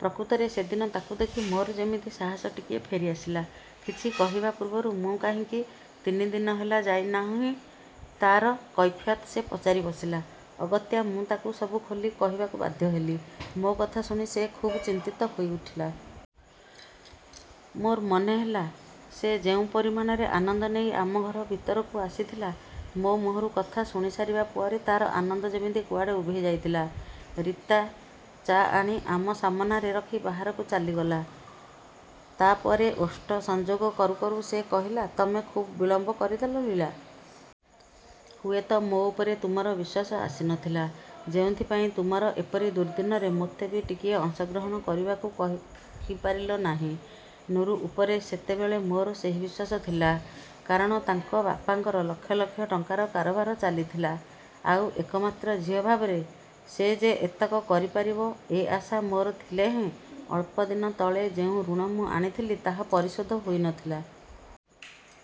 ପ୍ରକୃତରେ ସେଦିନ ତାକୁ ଦେଖି ମୋର ଯେମିତି ସାହସ ଟିକିଏ ଫେରିଆସିଲା। କିଛି କହିବା ପୂର୍ବରୁ ମୁଁ କାହିଁକି ତିନି ଦିନ ହେଲା ଯାଇନାହିଁ, ତାର କୈଫିୟତ ସେ ପଚାରି ବସିଲା। ଅଗତ୍ୟା ମୁଁ ତାକୁ ସବୁ ଖୋଲି କହିବାକୁ ବାଧ୍ୟ ହେଲି। ମୋ କଥା ଶୁଣି ସେ ଖୁବ୍ ଚିନ୍ତିତ ହୋଇଉଠିଲା। ମୋର ମନେହେଲା, ସେ ଯେଉଁ ପରିମାଣରେ ଆନନ୍ଦ ନେଇ ଆମ ଘର ଭିତରକୁ ଆସିଥିଲା, ମୋ ମୁହଁରୁ କଥା ଶୁଣିସାରିବା ପରେ ତାର ଆନନ୍ଦ ଯେମିତି କୁଆଡ଼େ ଉଭେଇ ଯାଇଥିଲା। ରୀତା ଚା' ଆଣି ଆମ ସାମନାରେ ରଖି ବାହାରକୁ ଚାଲିଗଲା। ତାପରେ ଓଷ୍ଠ ସଂଯୋଗ କରୁ କରୁ ସେ କହିଲା, ତମେ ଖୁବ୍ ବିଳମ୍ବ କରିଦେଲ, ଲୀଳା। ହୁଏତ ମୋ ଉପରେ ତୁମର ବିଶ୍ୱାସ ଆସିନଥିଲା। ଯେଉଁଥିପାଇଁ ତୁମର ଏପରି ଦୁର୍ଦ୍ଦିନରେ ମୋତେ ବି ଟିକିଏ ଅଂଶଗ୍ରହଣ କରିବାକୁ କହିପାରିଲ ନାହିଁ। ନୁରୁ ଉପରେ ସେତେବେଳେ ମୋର ସେହି ବିଶ୍ୱାସ ଥିଲା। କାରଣ ତାଙ୍କ ବାପାଙ୍କର ଲକ୍ଷ ଲକ୍ଷ ଟଙ୍କାର କାରବାର ଚାଲିଥିଲା, ଆଉ ଏକମାତ୍ର ଝିଅ ଭାବରେ ସେ ଯେ ଏତକ କରିପାରିବ, ଏ ଆଶା ମୋର ଥିଲେ ହିଁ ଅଳ୍ପଦିନ ତଳେ ଯେଉଁ ଋଣ ମୁଁ ଆଣିଥିଲି, ତାହା ପରିଶୋଧ ହୋଇନଥିଲା।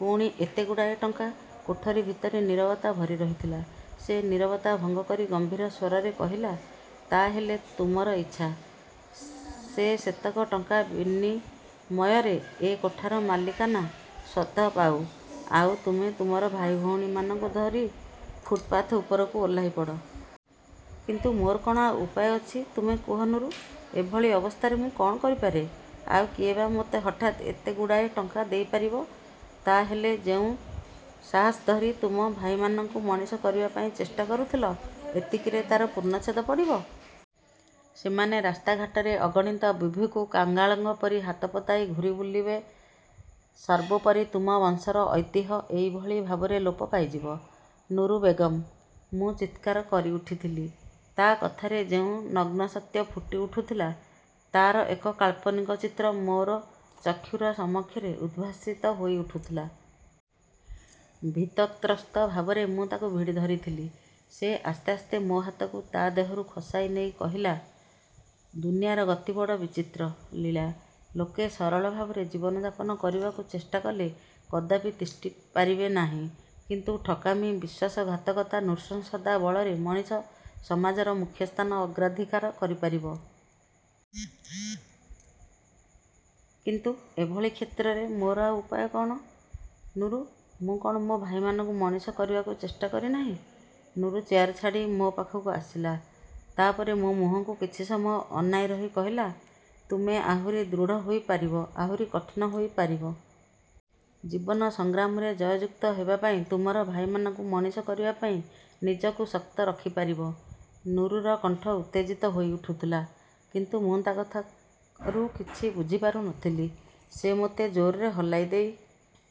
ପୁଣି ଏତେଗୁଡ଼ାଏ ଟଙ୍କା କୋଠରି ଭିତରେ ନୀରବତା ଭରି ରହିଥିଲା। ସେ ନୀରବତା ଭଙ୍ଗ କରି ଗମ୍ଭୀର ସ୍ୱରରେ କହିଲା, ତା ହେଲେ ତୁମର ଇଚ୍ଛା, ସେ ସେତକ ଟଙ୍କା ବିନିମୟରେ ଏ କୋଠାର ମାଲିକାନା ସ୍ୱତ ପାଉ, ଆଉ ତୁମେ ତୁମର ଭାଇ ଭଉଣୀମାନଙ୍କୁ ଧରି ଫୁଟପାଥ୍ ଉପରକୁ ଓହ୍ଲାଇପଡ଼? କିନ୍ତୁ ମୋର କଣ ଆଉ ଉପାୟ ଅଛି ତୁମେ କୁହ ନୁରୁ! ଏଭଳି ଅବସ୍ଥାରେ ମୁଁ କଣ କରିପାରେ? ଆଉ କିଏ ବା ମୋତେ ହଠାତ୍ ଏତେଗୁଡ଼ାଏ ଟଙ୍କା ଦେଇପାରିବ? ତା ହେଲେ ଯେଉଁ ସାହସ ଧରି ତୁମ ଭାଇମାନଙ୍କୁ ମଣିଷ କରିବା ପାଇଁ ଚେଷ୍ଟା କରୁଥିଲ, ଏତିକିରେ ତାର ପୂର୍ଣ୍ଣଚ୍ଛେଦ ପଡ଼ିବ? ସେମାନେ ରାସ୍ତା ଘାଟରେ, ଅଗଣିତ ବୁଭୁକ୍ଷୁ କଙ୍ଗାଳଙ୍କ ପରି ହାତ ପତାଇ ଘୂରି ବୁଲିବେ ସର୍ବୋପରି ତୁମ ବଂଶର ଐତିହ୍ୟ ଏହିଭଳି ଭାବରେ ଲୋପ ପାଇଯିବ? ନୁରୁ ବେଗମ୍! ମୁଁ ଚିତ୍କାର କରିଉଠିଥିଲି। ତା କଥାରେ ଯେଉଁ ନଗ୍ନସତ୍ୟ ଫୁଟିଉଠୁଥିଲା, ତାର ଏକ କାଳ୍ପନିକ ଚିତ୍ର ମୋର ଚକ୍ଷୁର ସମକ୍ଷରେ ଉଦ୍ଭାସିତ ହୋଇଉଠୁଥିଲା। ଭୀତତ୍ରସ୍ତ ଭାବରେ ମୁଁ ତାକୁ ଭିଡ଼ିଧରିଥିଲି। ସେ ଆସ୍ତେ ଆସ୍ତେ ମୋ ହାତକୁ ତା ଦେହରୁ ଖସାଇ ନେଇ କହିଲା, ଦୁନିଆର ଗତି ବଡ଼ ବିଚିତ୍ର, ଲୀଳା। ଲୋକେ ସରଳ ଭାବରେ ଜୀବନ ଯାପନ କରିବାକୁ ଚେଷ୍ଟା କଲେ, କଦାପି ତିଷ୍ଠି ପାରିବେ ନାହିଁ। କିନ୍ତୁ ଠକାମୀ, ବିଶ୍ୱାସଘାତକତା, ନୃଶଂସତା ବଳରେ ମଣିଷ ସମାଜର ମୁଖ୍ୟସ୍ଥାନ ଅଗ୍ରାଧିକାର କରିପାରିବ। କିନ୍ତୁ ଏଭଳି କ୍ଷେତ୍ରରେ ମୋର ଆଉ ଉପାୟ କଣ, ନୁରୁ? ମୁଁ କଣ ମୋ ଭାଇମାନଙ୍କୁ ମଣିଷ କରିବାକୁ ଚେଷ୍ଟା କରିନାହିଁ? ନୁରୁ ଚେୟାର ଛାଡ଼ି ମୋ ପାଖକୁ ଆସିଲା। ତା ପରେ ମୋ ମୁହଁକୁ କିଛି ସମୟ ଅନାଇ ରହି କହିଲା, ତୁମେ ଆହୁରି ଦୃଢ଼ ହୋଇପାରିବ, ଆହୁରି କଠିନ ହୋଇପାରିବ? ଜୀବନ ସଂଗ୍ରାମରେ ଜୟଯୁକ୍ତ ହେବା ପାଇଁ, ତୁମର ଭାଇମାନଙ୍କୁ ମଣିଷ କରିବା ପାଇଁ ନିଜକୁ ଶକ୍ତ ରଖିପାରିବ? ନୁରୁର କଣ୍ଠ ଉତ୍ତେଜିତ ହୋଇଉଠୁଥିଲା। କିନ୍ତୁ ମୁଁ ତା କଥାରୁ କିଛି ବୁଝିପାରୁନଥିଲି। ସେ ମୋତେ ଜୋରରେ ହଲାଇ ଦେଇ